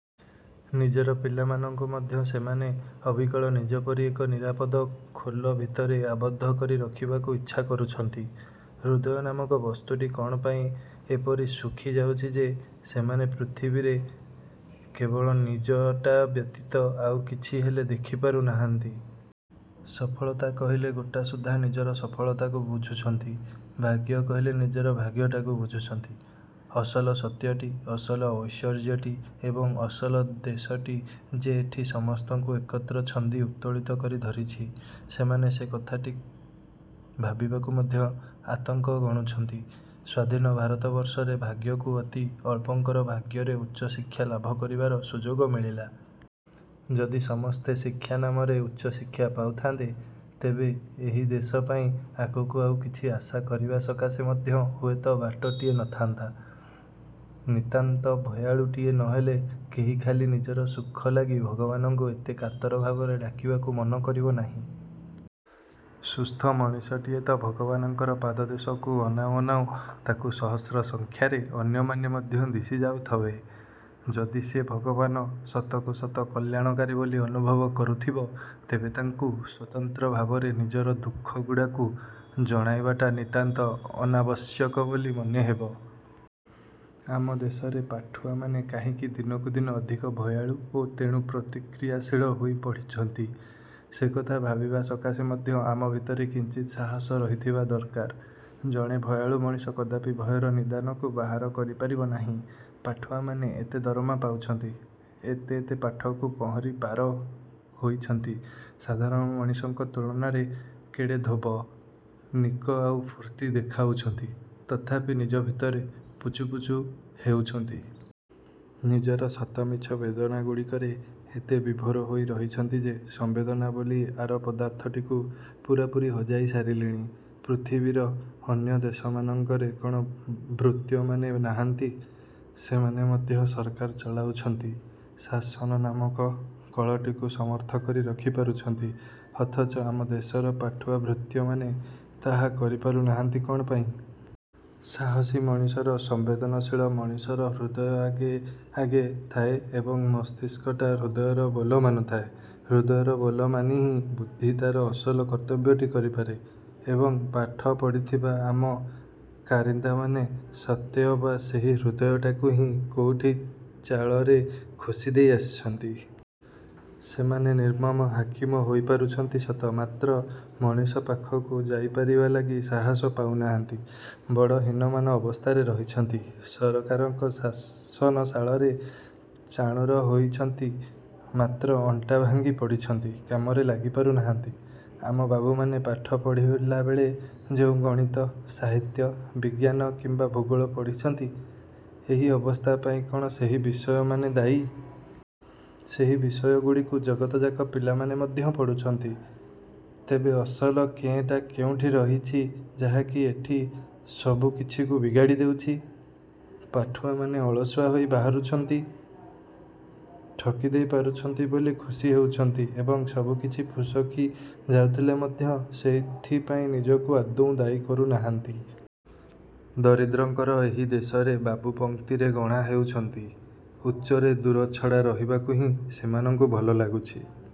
ନିଜର ପିଲାମାନଙ୍କୁ ମଧ୍ୟ ସେମାନେ ଅବିକଳ ନିଜ ପରି ଏକ ନିରାପଦ ଖୋଲ ଭିତରେ ଆବଦ୍ଧ କରି ରଖିବାକୁ ଇଚ୍ଛା କରୁଛନ୍ତି। ହୃଦୟ ନାମକ ବସ୍ତୁଟି କଣ ପାଇଁ ଏପରି ଶୁଖିଯାଉଛି ଯେ, ସେମାନେ ପୃଥିବୀରେ କେବଳ ନିଜଟା ବ୍ୟତୀତ ଆଉ କିଛି ହେଲେ ଦେଖିପାରୁ ନାହାନ୍ତି। ସଫଳତା କହିଲେ ଗୋଟାସୁଦ୍ଧା ନିଜର ସଫଳତାକୁ ବୁଝୁଛନ୍ତି। ଭାଗ୍ୟ କହିଲେ ନିଜର ଭାଗ୍ୟଟାକୁ ବୁଝୁଛନ୍ତି। ଅସଲ ସତ୍ୟଟି, ଅସଲ ଐଶ୍ୱର୍ଯ୍ୟଟି ଏବଂ ଅସଲ ଦେଶଟି ଯେ ଏଠି ସମସ୍ତଙ୍କୁ ଏକତ୍ର ଛନ୍ଦି ଉତ୍ତୋଳିତ କରି ଧରିଛି, ସେମାନେ ସେକଥାଟି ଭାବିବାକୁ ମଧ୍ୟ ଆତଙ୍କ ଗଣୁଛନ୍ତି। ସ୍ୱାଧୀନ ଭାରତବର୍ଷରେ ଭାଗ୍ୟକୁ ଅତି ଅଳ୍ପଙ୍କର ଭାଗ୍ୟରେ ଉଚ୍ଚ ଶିକ୍ଷା ଲାଭ କରିବାର ସୁଯୋଗ ମିଳିଲା। ଯଦି ସମସ୍ତେ ଶିକ୍ଷାନାମରେ ଉଚ୍ଚ ଶିକ୍ଷା ପାଉଥାନ୍ତେ, ତେବେ ଏହି ଦେଶ ପାଇଁ ଆଗକୁ ଆଉ କିଛି ଆଶା କରିବା ସକାଶେ ମଧ୍ୟ ହୁଏତ ବାଟଟିଏ ନଥାନ୍ତା। ନିତାନ୍ତ ଭୟାଳୁଟିଏ ନହେଲେ କେହି ଖାଲି ନିଜର ସୁଖ ଲାଗି ଭଗବାନଙ୍କୁ ଏତେ କାତର ଭାବରେ ଡାକିବାକୁ ମନ କରିବ ନାହିଁ। ସୁସ୍ଥ ମଣିଷଟିଏ ତ ଭଗବାନଙ୍କର ପାଦଦେଶକୁ ଅନାଉ ଅନାଉ ତାକୁ ସହସ୍ର ସଂଖ୍ୟାରେ ଅନ୍ୟମାନେ ମଧ୍ୟ ଦିଶି ଯାଉଥବେ। ଯଦି ସିଏ ଭଗବାନ ସତକୁ ସତ କଲ୍ୟାଣକାରୀ ବୋଲି ଅନୁଭବ କରୁଥିବ, ତେବେ ତାଙ୍କୁ ସ୍ୱତନ୍ତ୍ର ଭାବରେ ନିଜର ଦୁଃଖଗୁଡ଼ାକୁ ଜଣାଇବାଟା ନିତାନ୍ତ ଅନାବଶ୍ୟକ ବୋଲି ମନେହେବ । ଆମ ଦେଶରେ ପାଠୁଆମାନେ କାହିଁକି ଦିନକୁ ଦିନ ଅଧିକ ଭୟାଳୁ ଓ ତେଣୁ ପ୍ରତିକ୍ରିୟାଶୀଳ ହୋଇ ପଡ଼ୁଛନ୍ତି, ସେକଥା ଭାବିବା ସକାଶେ ମଧ୍ୟ ଆମ ଭିତରେ କିଞ୍ଚିତ୍ ସାହସ ରହିଥିବା ଦରକାର। ଜଣେ ଭୟାଳୁ ମଣିଷ କଦାପି ଭୟର ନିଦାନକୁ ବାହାର କରିପାରିବ ନାହିଁ। ପାଠୁଆମାନେ ଏତେ ଦରମା ପାଉଛନ୍ତି, ଏତେ ଏତେ ପାଠକୁ ପହଁରି ପାର ହୋଇଛନ୍ତି, ସାଧାରଣ ମଣିଷଙ୍କ ତୁଳନାରେ କେଡ଼େ ଧୋବ, ନିକ ଆଉ ଫୁର୍ତ୍ତି ଦେଖାଯାଉଛନ୍ତି, ତଥାପି ନିଜ ଭିତରେ ପୁଚୁପୁଚୁ ହେଉଛନ୍ତି। ନିଜର ସତ ମିଛ ବେଦନାଗୁଡ଼ିକରେ ଏତେ ବିଭୋର ହୋଇ ରହିଛନ୍ତି ଯେ ସମ୍ବେଦନା ବୋଲି ଆର ପଦାର୍ଥଟିକୁ ପୂରାପୂରି ହଜାଇ ସାରିଲେଣି। ପୃଥିବୀର ଅନ୍ୟ ଦେଶମାନଙ୍କରେ କଣ ଭୃତ୍ୟମାନେ ନାହାନ୍ତି? ସେମାନେ ମଧ୍ୟ ସରକାର ଚଳାଉଛନ୍ତି, ଶାସନ ନାମକ କଳଟିକୁ ସମର୍ଥ କରି ରଖିପାରୁଛନ୍ତି। ଅଥଚ ଆମ ଦେଶର ପାଠୁଆ ଭୃତ୍ୟମାନେ ତାହା କରିପାରୁ ନାହାନ୍ତି କଣ ପାଇଁ? ସାହସୀ ମଣିଷର, ସମ୍ବେଦନଶୀଳ ମଣିଷର ହୃଦୟ ଆଗେ ଆଗେ ଥାଏ ଏବଂ ମସ୍ତିଷ୍କଟା ହୃଦୟର ବୋଲ ମାନୁଥାଏ। ହୃଦୟର ବୋଲ ମାନି ହିଁ ବୁଦ୍ଧି ତାର ଅସଲ କର୍ତ୍ତବ୍ୟଟି କରିପାରେ। ଏବଂ ପାଠ ପଢ଼ିଥିବା ଆମ କାରିନ୍ଦାମାନେ ସତେଅବା ସେହି ହୃଦୟଟାକୁ ହିଁ କୋଉଠି ଚାଳରେ ଖୋଷିଦେଇ ଆସିଛନ୍ତି। ସେମାନେ ନିର୍ମମ ହାକିମ ହୋଇପାରୁଛନ୍ତି ସତ ମାତ୍ର ମଣିଷ ପାଖକୁ ଯାଇପାରିବା ଲାଗି ସାହସ ପାଉନାହାନ୍ତି। ବଡ଼ ହୀନିମାନ ଅବସ୍ଥାରେ ରହିଛନ୍ତି। ସରକାରଙ୍କ ଶାସନଶାଳରେ ଚାଣୁର ହୋଇଛନ୍ତି, ମାତ୍ର ଅଣ୍ଟା ଭାଙ୍ଗି ପଡ଼ିଛନ୍ତି, କାମରେ ଲାଗିପାରୁ ନାହାନ୍ତି। ଆମ ବାବୁମାନେ ପାଠ ପଢ଼ିଲାବେଳେ ଯେଉଁ ଗଣିତ, ସାହିତ୍ୟ, ବିଜ୍ଞାନ କିମ୍ବା ଭୂଗୋଳ ପଢ଼ିଛନ୍ତି, ଏହି ଅବସ୍ଥା ପାଇଁ କଣ ସେହି ବିଷୟମାନେ ଦାୟୀ? ସେହି ବିଷୟଗୁଡ଼ିକୁ ଜଗତଯାକ ପିଲାମାନେ ମଧ୍ୟ ପଢୁଛନ୍ତି। ତେବେ ଅସଲ କେଁ ଟା କେଉଁଠି ରହିଛି, ଯାହାକି ଏଠି ସବୁକିଛିକୁ ବିଗାଡ଼ି ଦେଉଛି? ପାଠୁଆମାନେ ଅଳସୁଆ ହୋଇ ବାହାରୁଛନ୍ତି, ଠକିଦେଇ ପାରୁଛନ୍ତି ବୋଲି ଖୁସି ହେଉଛନ୍ତି ଏବଂ ସବୁକିଛି ଫୁସକି ଯାଉଥିଲେ ମଧ୍ୟ ସେଥିପାଇଁ ନିଜକୁ ଆଦୌ ଦାୟୀ କରୁନାହାନ୍ତି। ଦରିଦ୍ରଙ୍କର ଏହି ଦେଶରେ ବାବୁ ପଂକ୍ତିରେ ଗଣା ହେଉଛନ୍ତି, ଉଚ୍ଚରେ ଦୂରଛଡ଼ା ରହିବାକୁ ହିଁ ସେମାନଙ୍କୁ ଭଲ ଲାଗୁଛି।